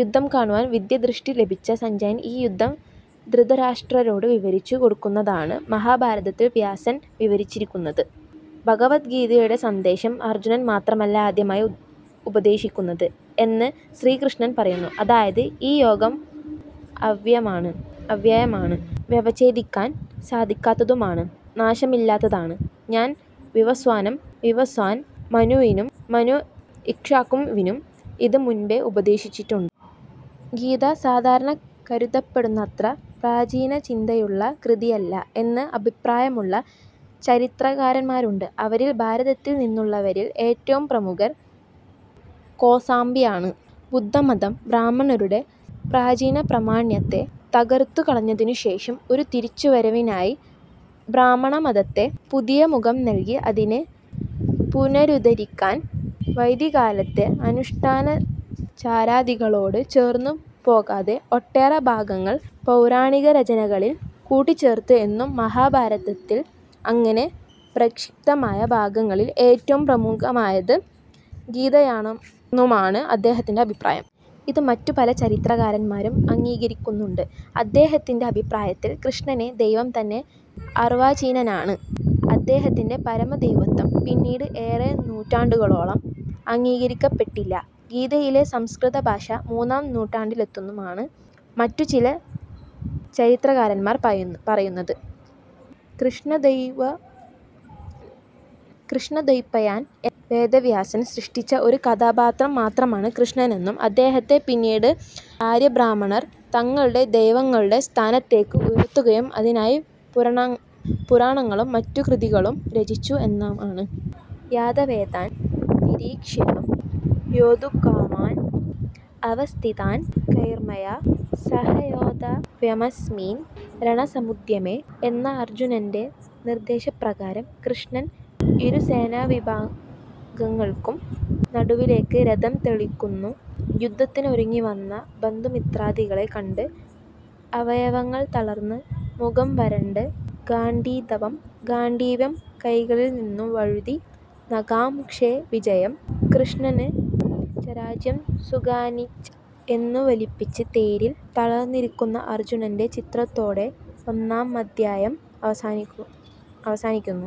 യുദ്ധം കാണുവാൻ ദിവ്യദൃഷ്ടി ലഭിച്ച സഞ്ജയൻ ഈ യുദ്ധം ധൃതരാഷ്ട്രരോട് വിവരിച്ചു കൊടുക്കുന്നതായാണ് മഹാഭാരതത്തിൽ വ്യാസൻ വിവരിച്ചിരിക്കുന്നത്. ഭഗവദ്ഗീതയുടെ സന്ദേശം അർജ്ജുനന് മാത്രമല്ല ആദ്യമായി ഉപദേശിക്കുന്നത് എന്ന് ശ്രീകൃഷ്ണൻ പറയുന്നു. അതായത് ഈ യോഗം അവ്യയമാണ്, വ്യവച്ഛേദിക്കാൻ സാധിക്കാത്തതുമാണ്, നാശമില്ലാത്തതാണ്. ഞാൻ വിവസ്വാനും, വിവസ്വാൻ മനുവിനും മനു ഇക്ഷ്വാകു വിനും ഇത് മുൻപേ ഉപദേശിച്ചിട്ടുണ്ട്. ഗീത സാധാരണ കരുതപ്പെടുന്നത്ര പ്രാചീനതയുള്ള കൃതിയല്ല എന്ന് അഭിപ്രായമുള്ള ചരിത്രകാരന്മാരുണ്ട്. അവരിൽ ഭാരതത്തിൽ നിന്നുള്ളവരിൽ ഏറ്റവും പ്രമുഖൻ കോസാംബിയാണ്. ബുദ്ധമതം ബ്രാഹ്മണരുടെ പ്രാചീനപ്രാമാണ്യത്തെ തകർത്തു കളഞ്ഞതിനുശേഷം ഒരു തിരിച്ചു വരവിനായി ബ്രാഹ്മണമതത്തെ പുതിയ മുഖം നൽകി അതിനെ പുനരുദ്ധരിക്കാൻ വൈദികകാലത്തെ അനുഷ്ഠാനാചാരാദികളോട് ചേർന്നു പോകാത്ത ഒട്ടേറെ ഭാഗങ്ങൾ പൗരാണിക രചനകളിൽ കൂട്ടിച്ചേർത്തു എന്നും മഹാഭാരത്തിൽ അങ്ങനെ പ്രക്ഷിപ്തമായ ഭാഗങ്ങളിൽ ഏറ്റവും പ്രമുഖമായത് ഗീതയാണെന്നുമാണു അദ്ദേഹത്തിന്റെ അഭിപ്രായം. ഇത് മറ്റു പല ചരിത്രകാരന്മാരും അംഗീകരിക്കുന്നുണ്ട്. അദ്ദേഹത്തിന്റെ അഭിപ്രായത്തിൽ, കൃഷ്ണനെന്ന ദൈവം തന്നെ അർവ്വാചീനനാണ്. അദ്ദേഹത്തിന്റെ പരമദൈവത്വം പിന്നീട് ഏറെ നൂറ്റാണ്ടുകളോളം അംഗീകരിക്കപ്പെട്ടില്ല. ഗീതയിലെ സംസ്കൃത ഭാഷ മൂന്നാം നൂറ്റാണ്ടിലേതുമാണ്. മറ്റു ചില ചരിത്രകാരന്മാർ പറയുന്നത് കൃഷ്ണദ്വൈപായനൻ എന്ന വേദവ്യാസൻ സൃഷ്ടിച്ച ഒരു കഥാപാത്രം മാത്രമാണ് കൃഷ്ണനെന്നും അദ്ദേഹത്തെ പിന്നീട് ആര്യബ്രാഹ്മണർ തങ്ങളുടെ ദൈവങ്ങളുടെ സ്ഥാനത്തേക്ക് ഉയർത്തുകയും അതിനായി പുരാണങ്ങളും മറ്റു കൃതികളും രചിച്ചു എന്നുമാണ്. യാദവേതാൻ നിരീക്ഷ്യേഹം യോദ്ധുകാമാൻ അവസ്ഥിതാൻകൈർമയാ സഹ യോദ്ധവ്യമസ്മിൻ രണസമുദ്യമേ. എന്ന അർജ്ജുനന്റെ നിർദ്ദേശപ്രകാരം ശ്രീകൃഷ്ണൻ ഇരുസേനാവിഭാഗങ്ങൾക്കും നടുവിലേയ്ക്കു രഥം തെളിയ്ക്കുന്നു. യുദ്ധത്തിനൊരുങ്ങിവന്ന ബന്ധുമിത്രാദികളെ കണ്ട് അവയവങ്ങൾ തളർന്ന്, മുഖം വരണ്ട്, ഗാണ്ഡീവം കൈയിൽന്നിന്നു വഴുതി, ന കാംക്ഷേ വിജയം കൃഷ്ണ ന ച രാജ്യം സുഖാനി ച എന്നു വിലപിച്ച് തേരിൽ തളർന്നിരിയ്ക്കുന്ന അർജ്ജുനന്റെ ചിത്രത്തോടെ ഒന്നാമദ്ധ്യായം അവസാനിയ്ക്കുന്നു.